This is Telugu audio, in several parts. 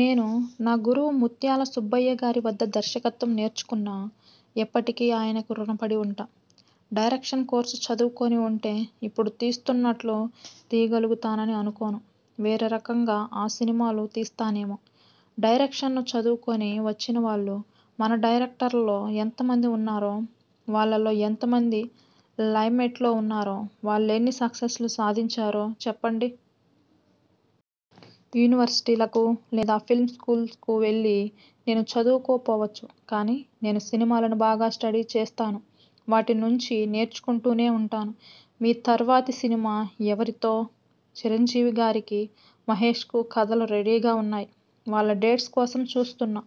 నేను నా గురువు ముత్యాల సుబ్బయ్యగారి వద్ద దర్శకత్వం నేర్చుకున్నా. ఎప్పటికీ ఆయనకు రుణపడి ఉంటా. డైరెక్షన్ కోర్సు చదువుకొని ఉంటే ఇప్పుడు తీస్తున్నట్లు తీయగలుగుతానని అనుకోను. వేరే రకంగా ఆ సినిమాలు తీస్తానేమో. డైరెక్షన్ను చదువుకొని వచ్చినవాళ్లు మన డైరెక్టర్లలో ఎంతమంది ఉన్నారో, వాళ్లలో ఎంతమంది లైమ్లైట్లో ఉన్నారో, వాళ్లెన్ని సక్సెస్లు సాధించారో చెప్పండి! యూనివర్శిటీలకు లేదా ఫిల్మ్ స్కూల్కు వెళ్లి నేను చదువుకోకపోవచ్చు. కానీ నేను సినిమాలను బాగా స్టడీ చేస్తాను. వాటి నుంచి నేర్చుకుంటూనే ఉంటాను. మీ తర్వాతి సినిమా ఎవరితో? చిరంజీవిగారికీ, మహేశ్కూ కథలు రెడీగా ఉన్నాయి. వాళ్ల డేట్స్ కోసం చూస్తున్నా.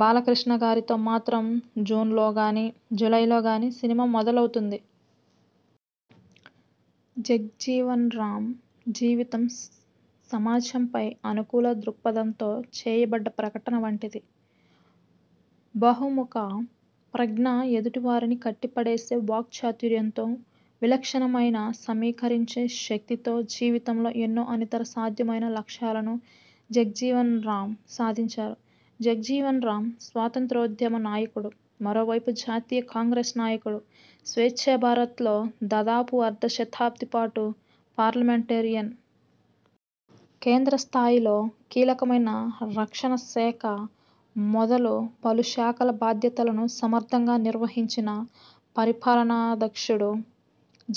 బాలకృష్ణగారితో మాత్రం జూన్లో కానీ, జూలైలో కానీ సినిమా మొదలవుతుంది. జగ్జీవన్రామ్ జీవితం సమాజంపై సానుకూల దృక్పథంతో చేయబడ్డ ప్రకటన వంటిది. బహుముఖ ప్రజ్ఞ, ఎదుటి వారిని కట్టిపడేసే వాక్చాతుర్యంతో, విలక్షణమైన సమీకరించే శక్తితో జీవితంలో ఎన్నో అనితర సాధ్యమైన లక్ష్యాలను జగ్జీవన్రామ్ సాధించారు. జగ్జీవన్రామ్ స్వాతంత్య్రోద్యమ నాయకుడు. మరోవైపు జాతీయ కాంగ్రెస్ నాయకుడు. స్వేచ్ఛా భారత్లో దాదాపు అర్ధ శతాబ్ది పాటు పార్లమెంటేరియన్. కేంద్ర స్థాయిలో కీలకమైన రక్షణ శాఖ మొదలు పలుశాఖల బాధ్యతలను సమర్థంగా నిర్వహించిన పరిపాలనాదక్షుడు.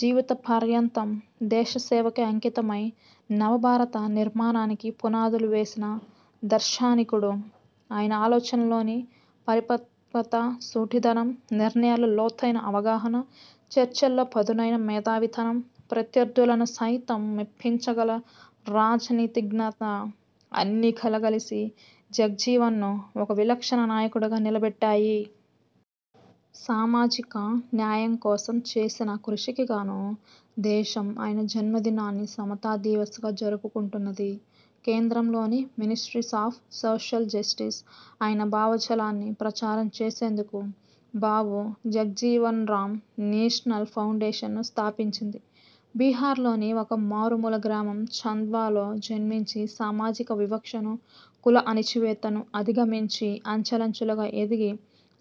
జీవిత పర్యంతం దేశ సేవకే అంకితమై నవభారత నిర్మాణానికి పునాదులు వేసిన దార్శనికుడు. ఆయన ఆలోచనల్లోని పరిపక్వత, సూటిదనం, నిర్ణయాల్లో లోతైన అవగాహన, చర్చల్లో పదునైన మేధావితనం ప్రత్యర్థులను సైతం మెప్పించగల రాజనీతిజ్ఞత అన్నీ కలగలిసి జగ్జీవన్ను ఒక విలక్షణ నాయకుడిగా నిలబెట్టాయి. సామాజిక న్యాయం కోసం చేసిన కృషికిగాను దేశం ఆయన జన్మదినాన్ని 'సమతా దివాస్' గా జరుపుకుంటున్నది. కేంద్రంలోని 'మినిస్ట్రీ ఆఫ్ సోషల్ జస్టిస్' ఆయన భావజాలాన్ని ప్రచారం చేసేందుకు 'బాబూ జగ్జీవన్రామ్ నేషనల్ ఫౌండేషన్'ను స్థాపించింది. బీహార్లోని ఒక మారుమూల గ్రామం 'ఛాంద్వ'లో జన్మించి సామాజిక వివక్షను, కుల అణచివేతను అధిగమించి అంచెలంచెలుగా ఎదిగి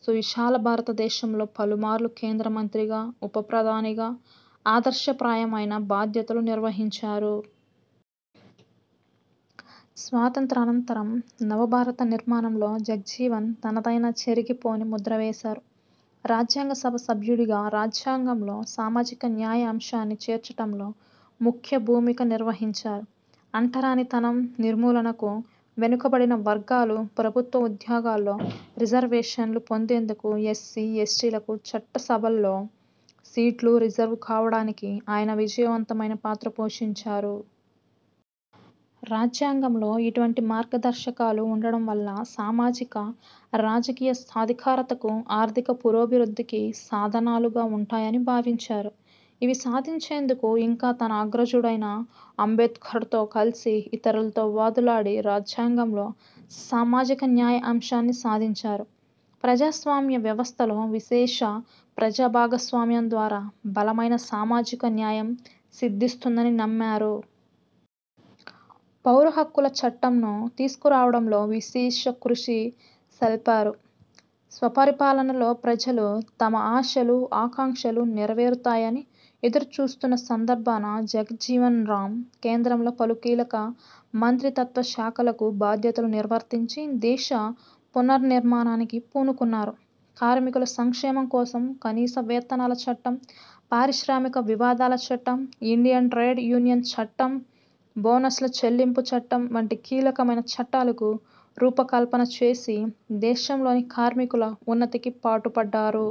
సువిశాల భారత దేశంలో పలుమార్లు కేంద్ర మంత్రిగా, ఉప ప్రధానిగా ఆదర్శప్రాయమైన బాధ్యతలు నిర్వహించారు. స్వాతంత్య్రానంతరం నవభారత నిర్మాణంలో జగ్జీవన్ తనదైన చెరిగిపోని ముద్ర వేశారు. రాజ్యాంగ సభ సభ్యుడిగా రాజ్యాంగంలో సామాజిక న్యాయ అంశాన్ని చేర్చటంలో ముఖ్య భూమిక నిర్వహించారు. అంటరాని తనం నిర్మూలనకు, వెనుకబడిన వర్గాలు ప్రభుత్వ ఉద్యోగాల్లో రిజర్వేషన్లు పొందేందుకు ఎస్సీ ఎస్టీలకు చట్టసభల్లో సీట్లు రిజర్వు కావడానికి ఆయన విజయవంతమైన పాత్ర పోషించారు. రాజ్యాంగంలో ఇటువంటి మార్గదర్శకాలు ఉండటం వల్ల సామాజిక -రాజకీయ సాధికారితకు, ఆర్థిక పురోభివృద్ధికి సాధనాలుగా ఉంటాయని భావించారు. ఇవి సాధించేందుకు ఇంకా తన అగ్రజుడైన ఆంబేడ్కర్తో కలిసి ఇతరులతో వాదులాడి రాజ్యాంగంలో సామాజిక న్యాయ అంశాన్ని సాధించారు. ప్రజాస్వామ్య వ్యవస్థలో విశేష ప్రజాభాగస్వామ్యం ద్వారా బలమైన సామాజిక న్యాయం సిద్ధిస్తుందని నమ్మారు. పౌరహక్కుల చట్టం– ను తీసుకురావడంలో విశేష కృషి సల్పారు. స్వపరిపాలనలో ప్రజలు తమ ఆశలు, ఆకాంక్షలు నెరవేరుతాయని ఎదురుచూస్తున్న సందర్భాన జగ్జీవన్రామ్ కేంద్రంలో పలు కీలక మంత్రిత్వశాఖలకు బాధ్యతలు నిర్వర్తించి దేశ పునర్నిర్మాణానికి పూనుకున్నారు. కార్మికుల సంక్షేమం కోసం కనీస వేతనాల చట్టం, పారిశ్రామిక వివాదాల చట్టం, ఇండియన్ ట్రేడ్ యూనియన్ చట్టం, బోనస్ల చెల్లింపు చట్టం వంటి కీలకమైన చట్టాలకు రూపకల్పన చేసి దేశంలోని కార్మికుల ఉన్నతికి పాటుపడ్డారు.